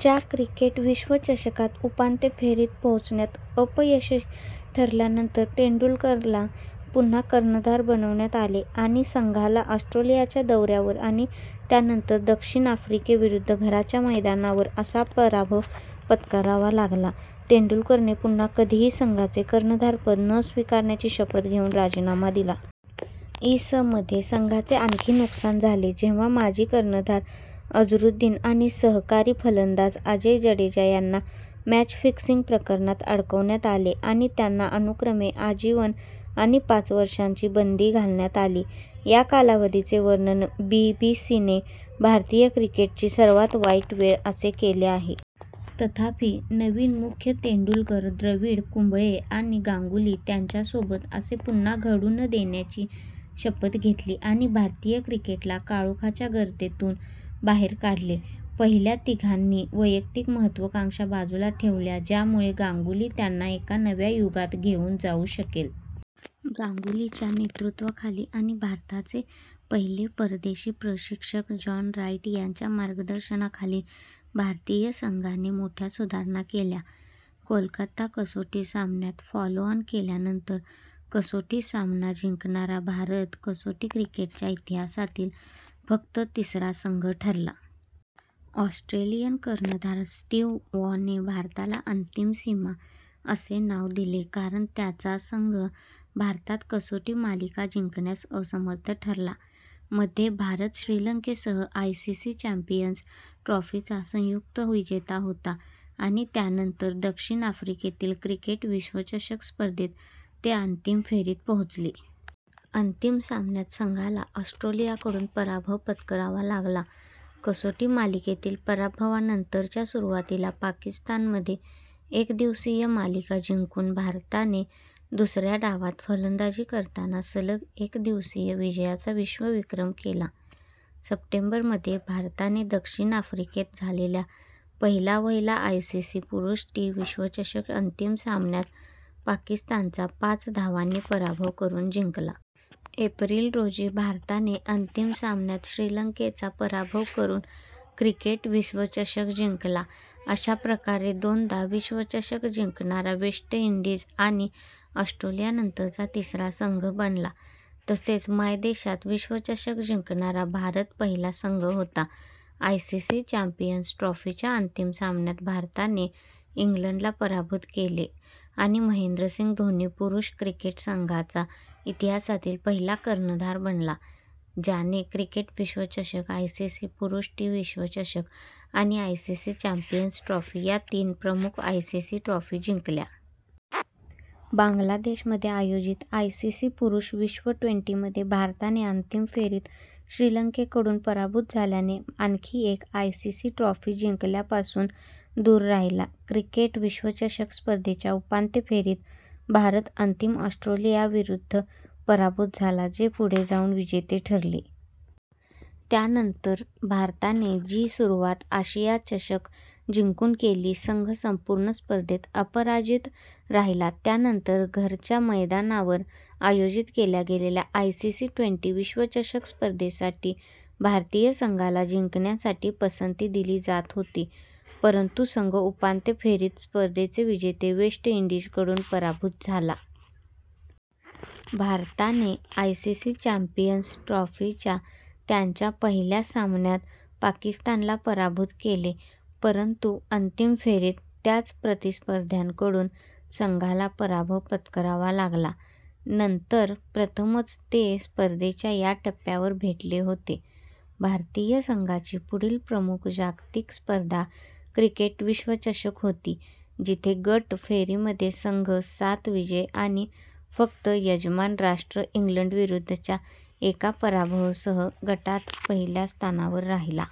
च्या क्रिकेट विश्वचषकात उपांत्य फेरीत पोहोचण्यात अपयशी ठरल्यानंतर, तेंडुलकरला पुन्हा कर्णधार बनवण्यात आले आणि संघाला ऑस्ट्रेलियाच्या दौऱ्यावर - आणि त्यानंतर दक्षिण आफ्रिकेविरुद्ध घरच्या मैदानावर - असा पराभव पत्करावा लागला. तेंडुलकरने पुन्हा कधीही संघाचे कर्णधारपद न स्वीकारण्याची शपथ घेऊन राजीनामा दिला. इ. स. मध्ये संघाचे आणखी नुकसान झाले जेव्हा माजी कर्णधार अझरुद्दीन आणि सहकारी फलंदाज अजय जडेजा यांना मॅच फिक्सिंग प्रकरणात अडकवण्यात आले आणि त्यांना अनुक्रमे आजीवन आणि पाच वर्षांची बंदी घालण्यात आली. या कालावधीचे वर्णन बीबीसीने "भारतीय क्रिकेटची सर्वात वाईट वेळ" असे केले आहे. तथापि, नवीन मुख्य तेंडुलकर, द्रविड, कुंबळे आणि गांगुली त्यांच्यासोबत असे पुन्हा घडू न देण्याची शपथ घेतली आणि भारतीय क्रिकेटला काळोखाच्या गर्तेतून बाहेर काढले. पहिल्या तिघांनी वैयक्तिक महत्त्वाकांक्षा बाजूला ठेवल्या ज्यामुळे गांगुली त्यांना एका नव्या युगात घेऊन जाऊ शकेल.। गांगुलीच्या नेतृत्वाखाली आणि भारताचे पहिले परदेशी प्रशिक्षक जॉन राईट यांच्या मार्गदर्शनाखाली भारतीय संघाने मोठ्या सुधारणा केल्या. कोलकाता कसोटी सामन्यात, फॉलोऑन केल्यानंतर कसोटी सामना जिंकणारा भारत कसोटी क्रिकेटच्या इतिहासातील फक्त तिसरा संघ ठरला. ऑस्ट्रेलियन कर्णधार स्टीव्ह वॉ ने भारताला "अंतिम सीमा" असे नाव दिले कारण त्याचा संघ भारतात कसोटी मालिका जिंकण्यास असमर्थ ठरला. मध्ये, भारत श्रीलंकेसह आयसीसी चॅम्पियन्स ट्रॉफी चा संयुक्त विजेता होता आणि त्यानंतर दक्षिण आफ्रिकेतील क्रिकेट विश्वचषक स्पर्धेत ते अंतिम फेरीत पोहोचले. अंतिम सामन्यात संघाला ऑस्ट्रेलियाकडून पराभव पत्करावा लागला. कसोटी मालिकेतील पराभवानंतर च्या सुरुवातीला पाकिस्तानमध्ये एकदिवसीय मालिका जिंकून भारताने दुसऱ्या डावात फलंदाजी करताना सलग एकदिवसीय विजयाचा विश्वविक्रम केला. सप्टेंबर मध्ये, भारताने दक्षिण आफ्रिकेत झालेल्या पहिला-वहिला आयसीसी पुरुष टी विश्वचषक अंतिम सामन्यात पाकिस्तानचा पाच धावांनी पराभव करून जिंकला. एप्रिल रोजी, भारताने अंतिम सामन्यात श्रीलंकेचा पराभव करून क्रिकेट विश्वचषक जिंकला, अशा प्रकारे दोनदा विश्वचषक जिंकणारा वेस्ट इंडीज आणि ऑस्ट्रेलियानंतरचा तिसरा संघ बनला. तसेच मायदेशात विश्वचषक जिंकणारा भारत पहिला संघ होता. आयसीसी चॅम्पियन्स ट्रॉफी च्या अंतिम सामन्यात भारताने इंग्लंडला पराभूत केले आणि महेंद्रसिंग धोनी पुरुष क्रिकेट संघाचा इतिहासातील पहिला कर्णधार बनला ज्याने क्रिकेट विश्वचषक, आयसीसी पुरुष टी विश्वचषक आणि आयसीसी चॅम्पियन्स ट्रॉफी या तीन प्रमुख आयसीसी ट्रॉफी जिंकल्या. बांगलादेशमध्ये आयोजित आयसीसी पुरुष विश्व ट्वेंटी मध्ये, भारताने अंतिम फेरीत श्रीलंकेकडून पराभूत झाल्याने आणखी एक आयसीसी ट्रॉफी जिंकण्यापासून दूर राहिला. क्रिकेट विश्वचषक स्पर्धेच्या उपांत्य फेरीत भारत अंतिम ऑस्ट्रेलियाविरुद्ध पराभूत झाला, जे पुढे जाऊन विजेते ठरले. त्यानंतर भारताने ची सुरुवात आशिया चषक जिंकून केली, संघ संपूर्ण स्पर्धेत अपराजित राहिला. त्यानंतर घरच्या मैदानावर आयोजित केल्या गेलेल्या आयसीसी ट्वेंटी विश्वचषक स्पर्धे साठी भारतीय संघाला जिंकण्यासाठी पसंती दिली जात होती, परंतु संघ उपांत्य फेरीत स्पर्धेचे विजेते वेस्ट इंडीजकडून पराभूत झाला. भारताने आयसीसी चॅम्पियन्स ट्रॉफी च्या त्यांच्या पहिल्या सामन्यात पाकिस्तानला पराभूत केले परंतु अंतिम फेरीत त्याच प्रतिस्पर्ध्यांकडून संघाला पराभव पत्करावा लागला, नंतर प्रथमच ते स्पर्धेच्या या टप्प्यावर भेटले होते. भारतीय संघाची पुढील प्रमुख जागतिक स्पर्धा क्रिकेट विश्वचषक होती जिथे गट फेरीमध्ये संघ सात विजय आणि फक्त यजमान राष्ट्र इंग्लंडविरुद्धच्या एका पराभवासह गटात पहिल्या स्थानावर राहिला.